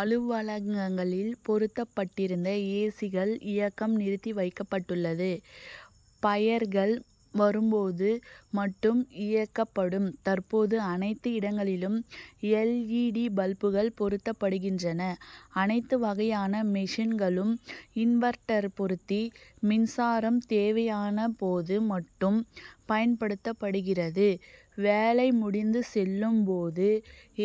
அலுவலகங்களில் பொருத்தப் பட் டிருந்த ஏசிகள் இயக்கம் நிறுத்தி வைக்கப்பட்டுள்ளது. பையர்கள் வரும்போது மட்டும் இயக்கப்படும். தற்போது அனைத்து இடங்களிலும் எல். இ. டி.பல்புகள் பொருத்தப்படுகின்றன. அனைத்து வகையான மெஷின்களிலும் இன்வெர்ட்டர் பொருத்தி மின்சாரம் தேவையான போது மட்டும் பயன்படுத்தப்படுகிறது. வேலை முடிந்துசெல்லும் போது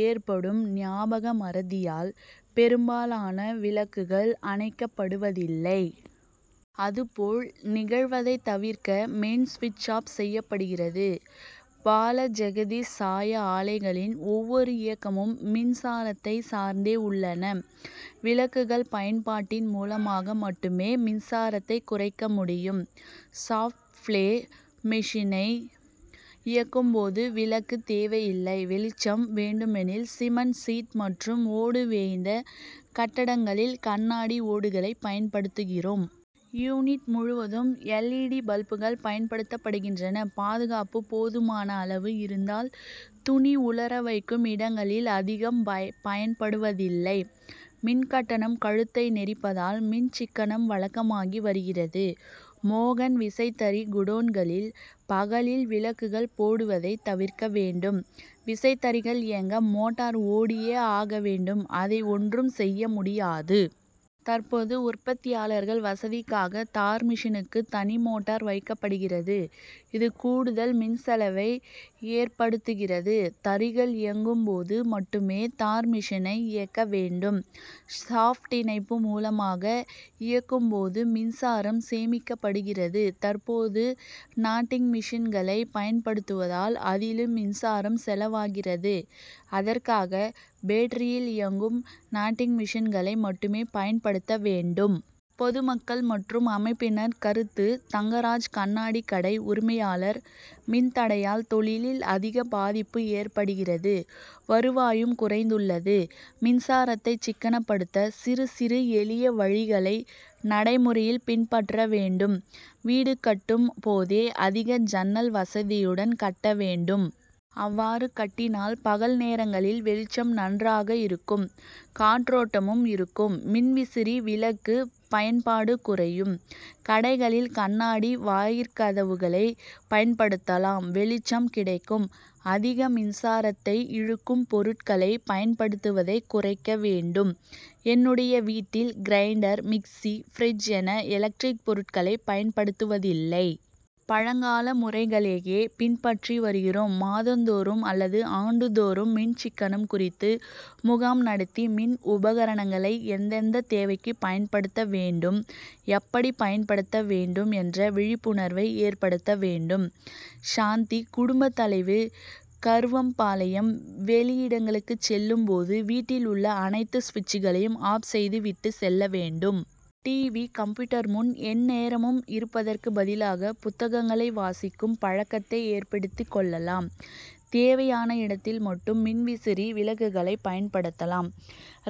ஏற்படும் ஞாபக மறதியால் பெரும்பாலான விளக்குகள் அணைக்கப்படுவதில்லை. அதுபோல் நிகழ்வதை தவிர்க்க மெயின் சுவிட்ச் ஆப் செய்யப்படுகிறது. பாலஜெகதீஷ் சாய ஆலைகளின் ஒவ்வொரு இயக்கமும் மின்சாரத்தை சார்ந்தே உள்ளன. விளக்குகள் பயன்பாட் டின் மூலமாக மட்டுமே மின்சாரத்தை குறைக்க முடியும். சாப்ட் ப்ளோ மெஷினை இயக்கும் போது விளக்கு தேவையில்லை. வெளிச்சம் வேண்டுமெனில் சிமென்ட் சீட் மற்றும் ஓடு வேய்ந்த கட்டடங்களில் கண்ணாடி ஓடுகளை பயன்படுத்துகிறோம். யூனிட் முழுவதும் எல். இ. டி.பல்புகள் பயன்படுத்தப்படுகின்றன. பாதுகாப்பு போதுமான அளவு இருந்தால் துணி உலர வைக்கும் இடங்களில் அதிகம் பயன்படுத்துவதில்லை. மின்கட்டணம் கழுத்தை நெரிப்பதால் மின் சிக்கனம் வழக்கமாகி வருகிறது. மோகன் விசைத்தறி குடோன்களில் பகலில் விளக்குகள் போடுவதை தவிர்க்க வேண்டும். விசைத்தறிகள் இயங்க மோட்டார் ஓடியே ஆக வேண்டும் அதை ஒன்றும் செய்ய முடியாது. தற்போது உற்பத்தியாளர்கள் வசதிக்காக தார்மெஷினுக்கு தனிமோட்டார் வைக்கப்படுகிறது. இது கூடுதல் மின்செலவை ஏற்படுத்துகிறது. தறிகள் இயங்கும் போது மட்டுமே தார் மெஷினை இயக்க வேண்டும். ஷாப்ட் இணைப்பு மூலமாக இயக்கும் போது மின்சாரம் சேமிக்கப்படுகிறது. தற்போது நாட்டிங் மெஷின்களை பயன்படுத்துவதால் அதிலும் மின்சாரம் செலவாகிறது. அதற்காக பேட்டரியில் இயங்கும் நாட்டிங் மெஷின்களை மட்டுமே பயன்படுத்த வேண்டும். பொதுமக்கள் மற்றும் அமைப்பினர் கருத்து தங்கராஜ் கண்ணாடி கடை உரிமையாளர் மின் தடையால் தொழிலில் அதிக பாதிப்பு ஏற்படுகிறது வருவாயும் குறைந்துள் ளது. மின்சாரத்தை சிக்கனப்படுத்த சிறு சிறு எளிய வழிகளை நடைமுறையில் பின்பற்ற வேண்டும். வீடு கட்டும் போதே அதிக ஜன்னல் வசதியுடன் கட்ட வேண்டும். அவ்வாறு கட்டினால் பகல் நேரங்களில் வெளிச்சம் நன்றாக இருக்கும் காற்றோட்டமும் இருக்கும். மின்விசிறி விளக்கு பயன்பாடு குறையும். கடைகளில் கண்ணாடி வாயிற்கதவுகளை பயன்படுத்தலாம் வெளிச்சம் கிடைக்கும். அதிக மின்சாரத்தை இழுக்கும் பொருட்களை பயன்படுத்துவதை குறைக்க வேண்டும். என்னுடைய வீட்டில் கிரைண்டர், மிக்ஸி, பிரிட்ஜ் என எலக்ட்ரிக் பொருட்களை பயன்படுத்துவதில்லை. பழங்கால முறைகளையே பின்பற்றி வருகிறோம். மாதந்தோறும் அல்லது ஆண்டுதோறும் மின் சிக்கனம் குறித்து முகாம் நடத்தி மின் உபகரணங்களை எந்தெந்த தேவைக்கு பயன்படுத்த வேண்டும் எப்படி பயன்படுத்த வேண்டும் என்ற விழிப்புணர்வை ஏற்படுத்த வேண்டும். சாந்தி குடும்ப தலைவி கருவம்பாளையம் வெளியிடங்களுக்கு செல்லும் போது வீட்டில் உள்ள அனைத்து சுவிட்சுகளையும் ஆப் செய்து விட்டுச் செல்ல வேண்டும். டிவி, கம்ப்யூட்டர் முன் எந்நேரமும் இருப்பதற்கு பதிலாக புத்தகங்களை வாசிக்கும் பழக்கத்தை ஏற்படுத்திக் கொள்ளலாம். தேவையான இடத்தில் மட்டும் மின்விசிறி விளக்குகளை பயன்படுத்தலாம்.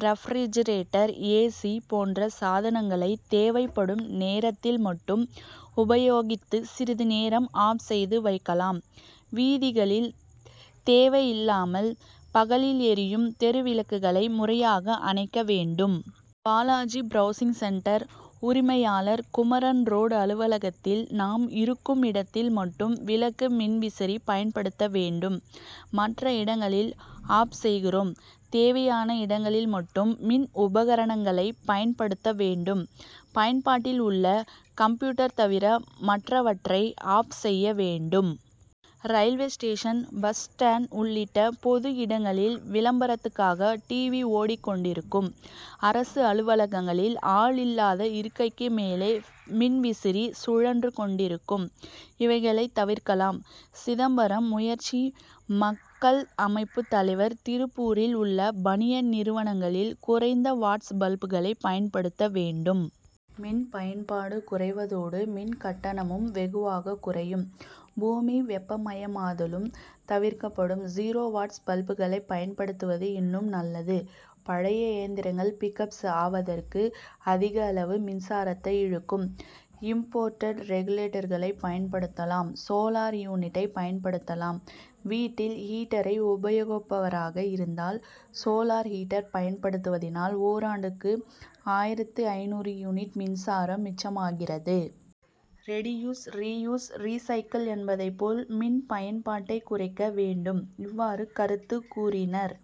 Refrigerator A. சி. போன்ற சாதனங்களை தேவைப்படும் நேரத்தில் மட்டும் உபயோகித்து சிறிது நேரம் ஆப் செய்து வைக்கலாம். வீதிகளில் தேவை இல்லாமல் பகலில் எரியும் தெருவிளக்குகளை முறையாக அணைக்க வேண்டும். பாலாஜி பிரவுசிங் சென்டர் உரிமையாளர் குமரன் ரோடு அலுவலகத்தில் நாம் இருக்கும் இடத்தில் மட்டும் விளக்கு மின்விசிறி பயன்படுத்த வேண்டும் மற்ற இடங்களில் ஆப் செய்கிறோம். தேவையான இடங்களில் மட்டும் மின் உபகரணங்களை பயன்படுத்த வேண்டும். பயன்பாட்டில் உள்ள கம்ப்யூட்டர் தவிர மற்றவற்றை ஆப் செய்ய வேண்டும். ரயில்வே ஸ்டேஷன் பஸ் ஸ்டாண்ட் உள்ளிட்ட பொது இடங்களில விளம்பரத்துக்காக டிவி ஓடிக்கொண்டிருக்கும். அரசு அலுவலகங்களில் ஆள் இல்லாத இருக்கைக்கு மேலே மின் விசிறி சுழன்று கொண்டிருக்கும். இவைகளை தவிர்க்கலாம். சிதம்பரம் முயற்சி மக்கள் அமைப்பு தலைவர் திருப்பூரில் உள்ள பனியன் நிறுவனங்களில் குறைந்த வாட்ஸ் பல்புகளை பயன்படுத்த வேண்டும். மின் பயன்பாடு குறைவதோடு மின் கட்டணமும் வெகுவாக குறையும். பூமி வெப்பமயமாதலும் தவிர்க்கப்படும். ஜீரோ வாட்ஸ் பல்புகளை பயன்படுத்துவது இன்னும் நல்லது. பழைய இயந்திரங்கள் பிக் அப் ஆவதற்கு அதிக அளவு மின்சாரத்தை இழுக்கும் இம்போர்ட்டட் ரெகுலேட்டர்களை பயன்படுத்தலாம். சோலார் யூனிட்டை பயன்படுத்தலாம். வீட்டில் ஹீட்டரை உபயோகிப்பவராக இருந்தால் சோலார் ஹீட்டர் பயன்படுத்தினால் ஓராண்டுக்கு ஆயிரத்து ஐநூறு யூனிட் மின்சாரம் மிச்சமாகிறது. ரெடியூஸ் ரீயூஸ் ரீசைக்கிள் என்பதை போல் மின் பயன்பாட்டை குறைக்க வேண்டும். இவ்வாறு கருத்து கூறினர்.